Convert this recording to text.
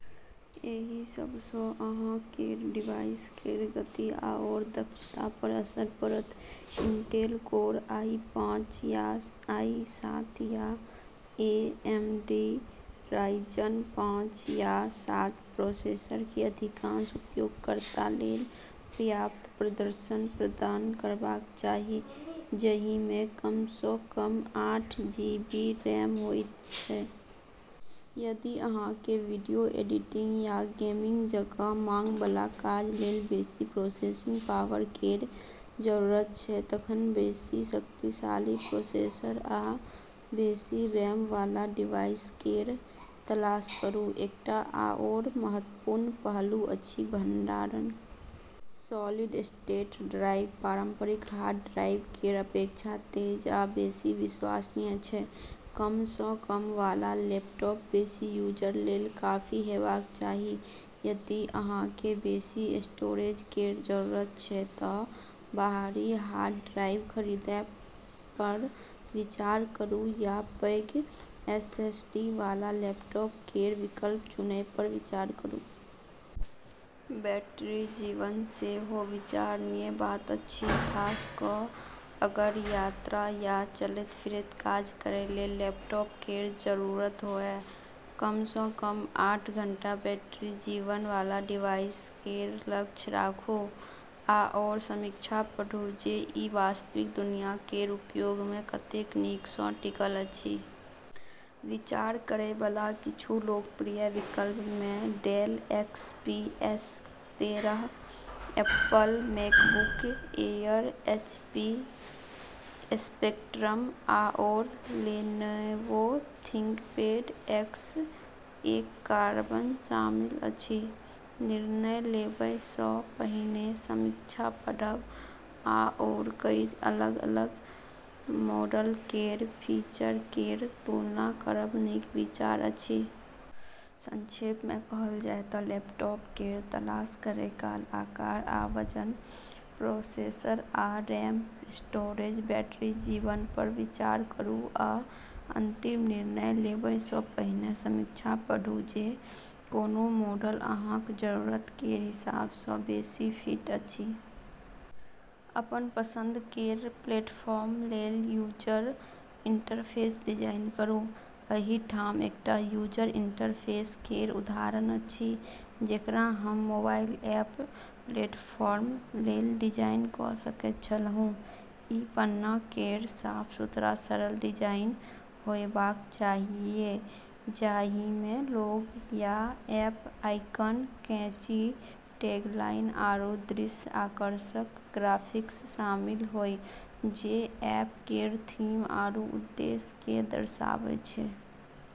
एहि सब सँ अहाँ केर डिवाइस केर गति आओर दक्षता पर असर पड़त। इंटेल कोर आई पाँच या आई सात या ए एम डी राइजन पाँच या सात प्रोसेसर केँ अधिकांश उपयोगकर्ता लेल पर्याप्त प्रदर्शन प्रदान करबाक चाही, जहि मे कम सँ कम आठ जी बी रैम होइत छै। यदि अहाँ केँ वीडियो एडिटिंग या गेमिंग जकाँ मांग बला काज लेल बेसि प्रोसेसिंग पावर केर जरूरत छै, तखन बेसि शक्तिशाली प्रोसेसर आ बेसि रैम वाला डिवाइस केर तलाश करू। एकटा आओर महत्वपूर्ण पहलू अछि भंडारण। सॉलिड-स्टेट ड्राइव पारंपरिक हार्ड ड्राइव केर अपेक्षा तेज आ बेसि विश्वसनीय छै। कम सँ कम वाला लैपटॉप बेसि यूजर लेल काफी हेबाक चाही। यदि अहाँ केँ बेसि स्टोरेज केर जरूरत छै त बाहरी हार्ड ड्राइव खरीदय पर विचार करू या पैघ एसएसडी वाला लैपटॉप केर विकल्प चुनय पर विचार करू। बैटरी जीवन सेहो विचारणीय बात अछि, खास कऽ अगर यात्रा या चलैत-फिरैत काज करै लेल लैपटॉप केर जरूरत होअय। कम सँ कम आठ घंटा बैटरी जीवन वाला डिवाइस केर लक्ष्य राखू, आओर समीक्षा पढ़ू जे ई वास्तविक दुनिया केर उपयोग मे कतेक नीक सँ टिकल अछि। विचार करै बला किछु लोकप्रिय विकल्प मे डेल एक्स पी एस तेरह, Apple MacBook Air, HP Spectrum, आओर लेनोवो थिंकपैड एक्स एक कार्बन शामिल अछि। निर्णय लेबय सँ पहिने समीक्षा पढ़ब आओर कई अलग-अलग मॉडल केर फीचर केर तुलना करब नीक विचार अछि। संक्षेप मे कहल जाय तऽ लैपटॉप केर तलाश करै काल आकार आ वजन, प्रोसेसर आ रैम, स्टोरेज, बैटरी जीवन पर विचार करू आ अंतिम निर्णय लेबय सँ पहिने समीक्षा पढ़ू जे कोनो मॉडल अहाँक जरूरत केर हिसाब सँ बेसि फिट अछि। अपन पसंद केर प्लेटफॉर्म लेल यूजर इंटरफेस डिजाइन करू। एहि ठाम एकटा यूजर इंटरफेस केर उदाहरण अछि जेकरा हम मोबाइल ऐप प्लेटफॉर्म लेल डिजाइन कऽ सकैत छलहुँ। ई पन्ना केर साफ-सुथरा, सरल डिजाइन होयबाक चाहियै जाहिमे लोगो या ऐप आइकन, कैची टैगलाइन आरू दृश्य आकर्षक ग्राफिक्स शामिल होय जे ऐप केर थीम आरू उद्देश्य केँ दर्शाबै छै।